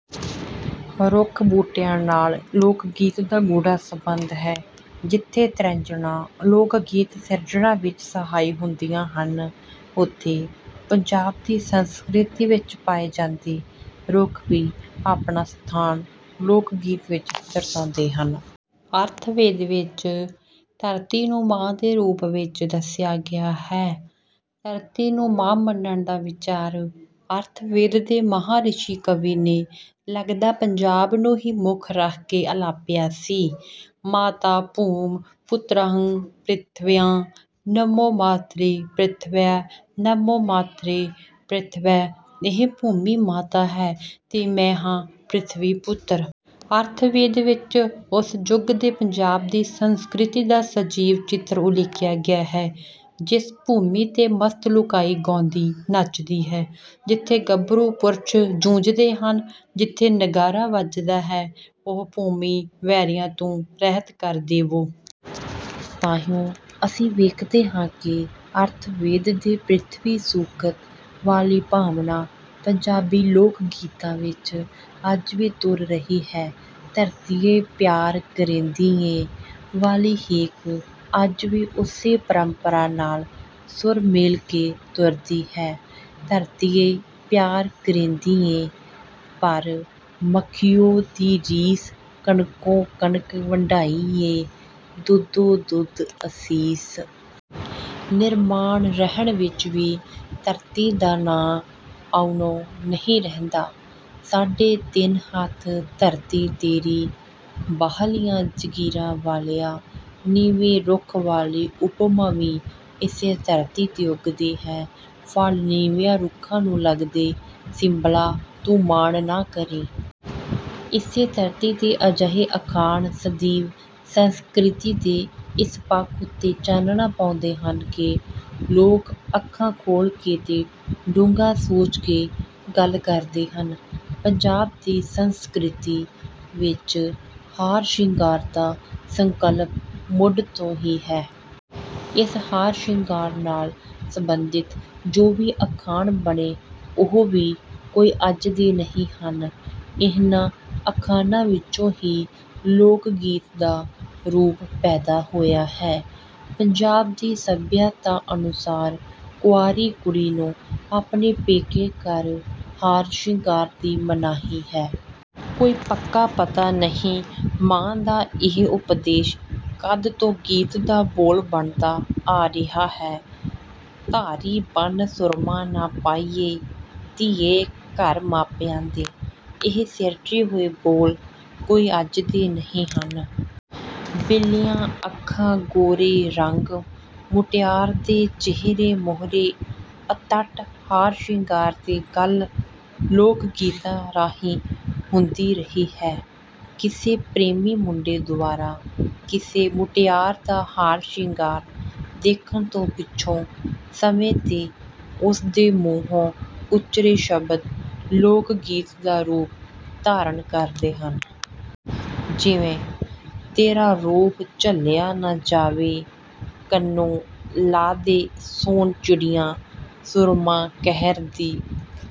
ਰੁੱਖ ਬੂਟਿਆਂ ਨਾਲ ਲੋਕ ਗੀਤ ਦਾ ਗੂੜਾ ਸੰਬੰਧ ਹੈ। ਜਿੱਥੇ ਤ੍ਰਿਜਣਾਂ ਲੋਕ ਗੀਤ ਸਿਰਜਣ ਵਿੱਚ ਸਹਾਈ ਹੁੰਦੀਆਂ ਹਨ, ਉੱਥੇ ਪੰਜਾਬ ਦੀ ਸੰਸਕ੍ਰਿਤੀ ਵਿੱਚ ਪਾਏ ਜਾਂਦੇ ਰੁੱਖ ਵੀ ਆਪਣਾ ਸਥਾਨ ਲੋਕ ਗੀਤ ਵਿੱਚ ਦਰਸਾਉਂਦੇ ਹਨ। ਅਥਰਵੇਦ ਵਿੱਚ ਧਰਤੀ ਨੂੰ ਮਾਂ ਦੇ ਰੂਪ ਵਿੱਚ ਦੱਸਿਆ ਗਿਆ ਹੈ। ਧਰਤੀ ਨੂੰ ਮਾਂ ਮੰਨਣ ਦਾ ਵਿਚਾਰ ਅਥਰਵੇਦ ਦੇ ਮਹਾਂ ਰਿਸ਼ੀ ਕਵੀ ਨੇ ਲਗਦਾ ਪੰਜਾਬ ਨੂੰ ਮੁੱਖ ਰੱਖ ਕੇ ਹੀ ਅਲਾਪਿਆ ਸੀ: 'ਮਾਤਾ ਭੂਮਿ ਪੁਤ੍ਰੋਹੰ ਪ੍ਰਿਥਿਵਿਆਂ, ਨਮੋ ਮਾਤ੍ਰੇ ਪ੍ਰਿਥਿਵਯੈ, ਨਮੋ ਮਾਤ੍ਰੇ ਪ੍ਰਿਥਿਵਯੈ' ਇਹ ਭੂਮੀ ਮਾਤਾ ਹੈ ਤੇ ਮੈਂ ਹਾਂ ਪ੍ਰਿਥਵੀ ਪੁੱਤਰ। ਅਥਰਵੇਦ ਵਿੱਚ ਉਸ ਯੁਗ ਦੇ ਪੰਜਾਬ ਦੀ ਸੰਸਕ੍ਰਿਤੀ ਦਾ ਸਜੀਵ ਚਿੱਤਰ ਉਲੀਕਿਆ ਗਿਆ ਹੈ: 'ਜਿਸ ਭੂਮੀ ਤੇ ਮਸਤ ਲੋਕਾਈ ਗਾਉਂਦੀ ਨੱਚਦੀ ਹੈ, ਜਿੱਥੇ ਗੱਭਰੂ ਪੁਰਸ਼ ਜੂਝਦੇ ਹਨ, ਜਿੱਥੇ ਨਗਾਰਾ ਵੱਜਦਾ ਹੈ, ਉਹ ਭੂਮੀ ਵੈਰੀਆਂ ਤੋਂ ਰਹਿਤ ਕਰ ਦੇਵੋ।' ਤਾਹੀਓਂ ਅਸੀਂ ਵੇਖਦੇ ਹਾਂ ਕਿ ਅਥਰਵੇਦ ਦੇ 'ਪ੍ਰਿਥਵੀ ਸੂਕਤ' ਵਾਲੀ ਭਾਵਨਾ ਪੰਜਾਬੀ ਲੋਕ ਗੀਤਾਂ ਵਿੱਚ ਅੱਜ ਵੀ ਤੁਰ ਰਹੀ ਹੈ। 'ਧਰਤੀਏ ਪਿਆਰ ਕਰੇਂਦੀ ਏ' ਵਾਲੀ ਹੇਕ ਅੱਜ ਵੀ ਉਸੇ ਪਰੰਪਰਾ ਨਾਲ ਸੁਰ ਮੇਲ ਕੇ ਤੁਰਦੀ ਹੈ: ਧਰਤੀਏ ਪਿਆਰ ਕਰੇਂਦੀ ਏ, ਪਰ ਮਖੀਉਂ ਦੀ ਰੀਸ ਕਣਕੋਂ ਕਣਕ ਵੰਡਾਈ ਏ, ਦੁੱਧੋਂ ਦੁੱਧ ਅਸੀਸ। ਨਿਰਮਾਣ ਰਹਿਣ ਵਿੱਚ ਵੀ ਧਰਤੀ ਦਾ ਨਾਂ ਆਉਣੋਂ ਨਹੀਂ ਰਹਿੰਦਾ: ਸਾਢੇ ਤਿੰਨ ਹੱਥ ਧਰਤੀ ਤੇਰੀ, ਬਾਹਲੀਆਂ ਜਗੀਰਾਂ ਵਾਲਿਆ। ਨੀਵੇਂ ਰੁੱਖ ਵਾਲੀ ਉਪਮਾ ਵੀ ਇਸੇ ਧਰਤੀ ਤੇ ਉਗਦੀ ਹੈ: ਫਲ ਨੀਵਿਆਂ ਰੁੱਖਾਂ ਨੂੰ ਲੱਗਦੇ, ਸਿੰਬਲਾ ਤੂੰ ਮਾਣ ਨਾ ਕਰੀਂ। ਇਸੇ ਧਰਤੀ ਤੇ ਅਜਿਹੇ ਅਖਾਣ ਸਜੀਵ ਸੰਸਕ੍ਰਿਤੀ ਦੇ ਇਸ ਪੱਖ ਉੱਤੇ ਚਾਨਣ ਪਾਉਂਦੇ ਹਨ ਕਿ ਲੋਕ ਅੱਖਾਂ ਖੋਲ੍ਹ ਕੇ ਤੇ ਡੂੰਘਾ ਸੋਚ ਕੇ ਗੱਲ ਕਰਦੇ ਹਨ। ਪੰਜਾਬ ਦੀ ਸੰਸਕ੍ਰਿਤੀ ਵਿੱਚ ਹਾਰ ਸ਼ਿੰਗਾਰ ਦਾ ਸੰਕਲਪ ਮੁੱਢ ਤੋਂ ਹੀ ਹੈ। ਇਸ ਹਾਰ ਸ਼ਿੰਗਾਰ ਨਾਲ ਸੰਬੰਧਿਤ ਜੋ ਵੀ ਅਖਾਣ ਬਣੇ ਉਹ ਵੀ ਕੋਈ ਅੱਜ ਦੇ ਨਹੀਂ ਹਨ। ਇਨ੍ਹਾਂ ਅਖਾਣਾਂ ਵਿੱਚੋਂ ਹੀ ਲੋਕ ਗੀਤ ਦਾ ਰੂਪ ਪੈਦਾ ਹੋਇਆ ਹੈ। ਪੰਜਾਬ ਦੀ ਸੱਭਿਅਤਾ ਅਨੁਸਾਰ ਕੁਆਰੀ ਕੁੜੀ ਨੂੰ ਆਪਣੇ ਪੇਕੇ ਘਰ ਹਾਰ ਸ਼ਿੰਗਾਰ ਦੀ ਮਨਾਹੀ ਹੈ। ਕੋਈ ਪੱਕਾ ਪਤਾ ਨਹੀਂ ਮਾਂ ਦਾ ਇਹ ਉਪਦੇਸ਼ ਕਦ ਤੋਂ ਗੀਤ ਦਾ ਬੋਲ ਬਣਦਾ ਆ ਰਿਹਾ ਹੈ: 'ਧਾਰੀ ਬੰਨ੍ਹ ਸੁਰਮਾਂ ਨਾ ਪਾਈਏ, ਧੀਏ ਘਰ ਮਾਪਿਆਂ ਦੇ।' ਇਹ ਸਿਰਜੇ ਹੋਏ ਬੋਲ ਕੋਈ ਅੱਜ ਦੇ ਨਹੀਂ ਹਨ। ਬਿੱਲੀਆਂ ਅੱਖਾਂ, ਗੋਰੇ ਰੰਗ, ਮੁਟਿਆਰ ਦੇ ਚਿਹਰੇ ਮੋਹਰੇ ਅਤਟ ਹਾਰ ਸ਼ਿੰਗਾਰ ਦੀ ਗੱਲ ਲੋਕ ਗੀਤਾਂ ਰਾਹੀਂ ਹੁੰਦੀ ਰਹੀ ਹੈ। ਕਿਸੇ ਪ੍ਰੇਮੀ ਮੁੰਡੇ ਦੁਆਰਾ ਕਿਸੇ ਮੁਟਿਆਰ ਦਾ ਹਾਰ ਸ਼ਿੰਗਾਰ ਦੇਖਣ ਤੋਂ ਪਿੱਛੋਂ ਸਮੇਂ ਤੇ ਉਸ ਦੇ ਮੂੰਹੋਂ ਉਚਰੇ ਸ਼ਬਦ ਲੋਕ ਗੀਤ ਦਾ ਰੂਪ ਧਾਰਨ ਕਰਦੇ ਗਏ ਹਨ। ਜਿਵੇਂ: ਤੇਰਾ ਰੂਪ ਝੱਲਿਆ ਨਾ ਜਾਵੇ, ਕੰਨੋਂ ਲਾ ਦੇ ਸੋਨ ਚਿੜੀਆਂ, ਸੁਰਮਾ ਕਹਿਰ ਦੀ